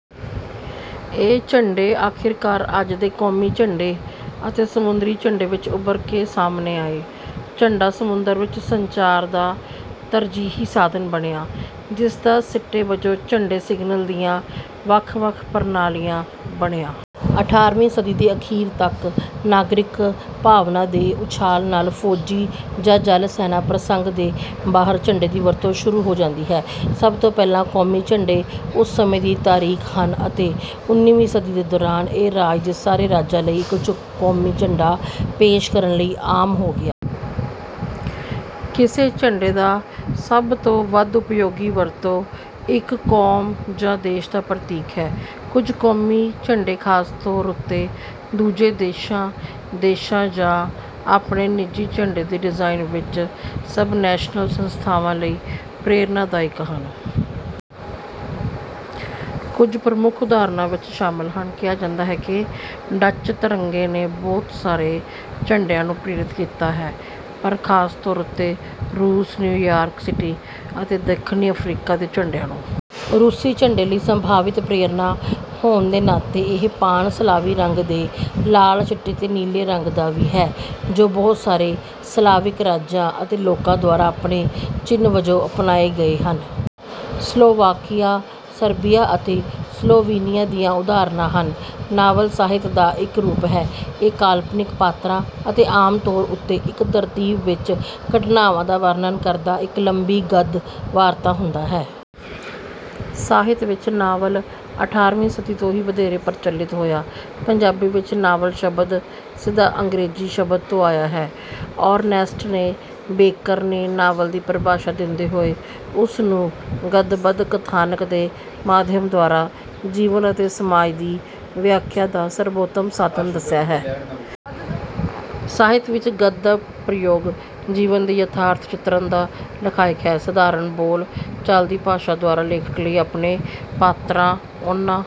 ਇਹ ਝੰਡੇ ਆਖਿਰਕਾਰ ਅੱਜ ਦੇ ਕੌਮੀ ਝੰਡੇ ਅਤੇ ਸਮੁੰਦਰੀ ਝੰਡੇ ਵਿੱਚ ਉੱਭਰ ਕੇ ਸਾਹਮਣੇ ਆਏ। ਝੰਡਾ ਸਮੁੰਦਰ ਵਿੱਚ ਸੰਚਾਰ ਦਾ ਤਰਜੀਹੀ ਸਾਧਨ ਬਣਿਆ ਜਿਸਦਾ ਸਿੱਟੇ ਵਜੋਂ ਝੰਡੇ ਸਿਗਨਲ ਦੀਆਂ ਵੱਖ ਵੱਖ ਪ੍ਰਣਾਲੀਆਂ ਬਣਿਆ। ਅਠਾਰਵੀਂ ਸਦੀ ਦੇ ਅਖੀਰ ਤੱਕ ਨਾਗਰਿਕ ਭਾਵਨਾ ਦੇ ਉਛਾਲ ਨਾਲ ਫੌਜੀ ਜਾਂ ਜਲ ਸੈਨਾ ਪ੍ਰਸੰਗ ਦੇ ਬਾਹਰ ਝੰਡੇ ਦੀ ਵਰਤੋਂ ਸ਼ੁਰੂ ਹੋ ਜਾਂਦੀ ਹੈ। ਸਭ ਤੋਂ ਪਹਿਲਾਂ ਕੌਮੀ ਝੰਡੇ ਉਸ ਸਮੇਂ ਦੀ ਤਾਰੀਖ ਹਨ ਅਤੇ ਓਨਵੀਂ ਸਦੀ ਦੇ ਦੌਰਾਨ ਇਹ ਰਾਜ ਦੇ ਸਾਰੇ ਰਾਜਾਂ ਲਈ ਇੱਕ ਕੌਮੀ ਝੰਡਾ ਪੇਸ਼ ਕਰਨ ਲਈ ਆਮ ਹੋ ਗਿਆ। ਕਿਸੇ ਝੰਡੇ ਦਾ ਸਭ ਤੋਂ ਵੱਧ ਉਪਯੋਗੀ ਵਰਤੋਂ ਇੱਕ ਕੌਮ ਜਾਂ ਦੇਸ਼ ਦਾ ਪ੍ਰਤੀਕ ਹੈ। ਕੁਝ ਕੌਮੀ ਝੰਡੇ ਖਾਸ ਤੌਰ ਉੱਤੇ ਦੂਜੇ ਦੇਸ਼ਾਂ ਦੇਸ਼ਾਂ ਜਾਂ ਆਪਣੇ ਨਿੱਜੀ ਝੰਡੇ ਦੇ ਡਿਜ਼ਾਇਨ ਵਿੱਚ ਸਬਨੈਸ਼ਨਲ ਸੰਸਥਾਵਾਂ ਲਈ ਪ੍ਰੇਰਨਾਦਾਇਕ ਹਨ। ਕੁਝ ਪ੍ਰਮੁੱਖ ਉਦਾਹਰਨਾਂ ਵਿੱਚ ਸ਼ਾਮਲ ਹਨ। ਕਿਹਾ ਜਾਂਦਾ ਹੈ ਕਿ ਡੱਚ ਤਿਰੰਗੇ ਨੇ ਬਹੁਤ ਸਾਰੇ ਝੰਡਿਆਂ ਨੂੰ ਪ੍ਰੇਰਿਤ ਕੀਤਾ ਹੈ ਪਰ ਖਾਸ ਤੌਰ ਉੱਤੇ ਰੂਸ ਨਿਊਯਾਰਕ ਸਿਟੀ ਅਤੇ ਦੱਖਣੀ ਅਫਰੀਕਾ ਦੇ ਝੰਡਿਆਂ ਨੂੰ। ਰੂਸੀ ਝੰਡੇ ਲਈ ਸੰਭਾਵਿਤ ਪ੍ਰੇਰਨਾ ਹੋਣ ਦੇ ਨਾਤੇ ਇਹ ਪਾਨ ਸਲਾਵੀ ਰੰਗ ਦੇ ਲਾਲ ਚਿੱਟੇ ਤੇ ਨੀਲੇ ਰੰਗ ਦਾ ਵੀ ਹੈ ਜੋ ਬਹੁਤ ਸਾਰੇ ਸਲਾਵਿਕ ਰਾਜਾਂ ਅਤੇ ਲੋਕਾਂ ਦੁਆਰਾ ਆਪਣੇ ਚਿੰਨ੍ਹ ਵਜੋਂ ਅਪਣਾਏ ਗਏ ਹਨ। ਸਲੋਵਾਕੀਆ ਸਰਬੀਆ ਅਤੇ ਸਲੋਵੀਨੀਆ ਦੀਆਂ ਉਦਾਹਰਣਾਂ ਹਨ। ਨਾਵਲ ਸਾਹਿਤ ਦਾ ਇੱਕ ਰੂਪ ਹੈ। ਇਹ ਕਾਲਪਨਿਕ ਪਾਤਰਾਂ ਅਤੇ ਆਮ ਤੌਰ ਉੱਤੇ ਇੱਕ ਤਰਤੀਬ ਵਿੱਚ ਘਟਨਾਵਾਂ ਦਾ ਵਰਣਨ ਕਰਦਾ ਇੱਕ ਲੰਬੀ ਗਦ ਵਾਰਤਾ ਹੁੰਦਾ ਹੈ। ਸਾਹਿਤ ਵਿੱਚ ਨਾਵਲ ਅਠਾਰ੍ਹਵੀ ਸਦੀ ਤੋਂ ਹੀ ਵਧੇਰੇ ਪ੍ਰਚਲਿਤ ਹੋਇਆ। ਪੰਜਾਬੀ ਵਿੱਚ ਨਾਵਲ ਸ਼ਬਦ ਸਿਧਾ ਅੰਗਰੇਜ਼ੀ ਸ਼ਬਦ ਤੋਂ ਆਇਆ ਹੈ। ਅਰਨੈਸਟ ਏ ਬੇਕਰ ਨੇ ਨਾਵਲ ਦੀ ਪਰਿਭਾਸ਼ਾ ਦਿੰਦੇ ਹੋਏ ਉਸਨੂੰ ਗਦਬੱਧ ਕਥਾਨਕ ਦੇ ਮਾਧਿਅਮ ਦੁਆਰਾ ਜੀਵਨ ਅਤੇ ਸਮਾਜ ਦੀ ਵਿਆਖਿਆ ਦਾ ਸਰਬੋਤਮ ਸਾਧਨ ਦੱਸਿਆ ਹੈ। ਸਾਹਿਤ ਵਿੱਚ ਗਦ ਦਾ ਪ੍ਰਯੋਗ ਜੀਵਨ ਦੇ ਯਥਾਰਥ ਚਿਤਰਣ ਦਾ ਲਖਾਇਕ ਹੈ। ਸਧਾਰਣ ਬੋਲ ਚਾਲ ਦੀ ਭਾਸ਼ਾ ਦੁਆਰਾ ਲੇਖਕ ਲਈ ਆਪਣੇ ਪਾਤਰਾਂ ਉਨ੍ਹਾਂ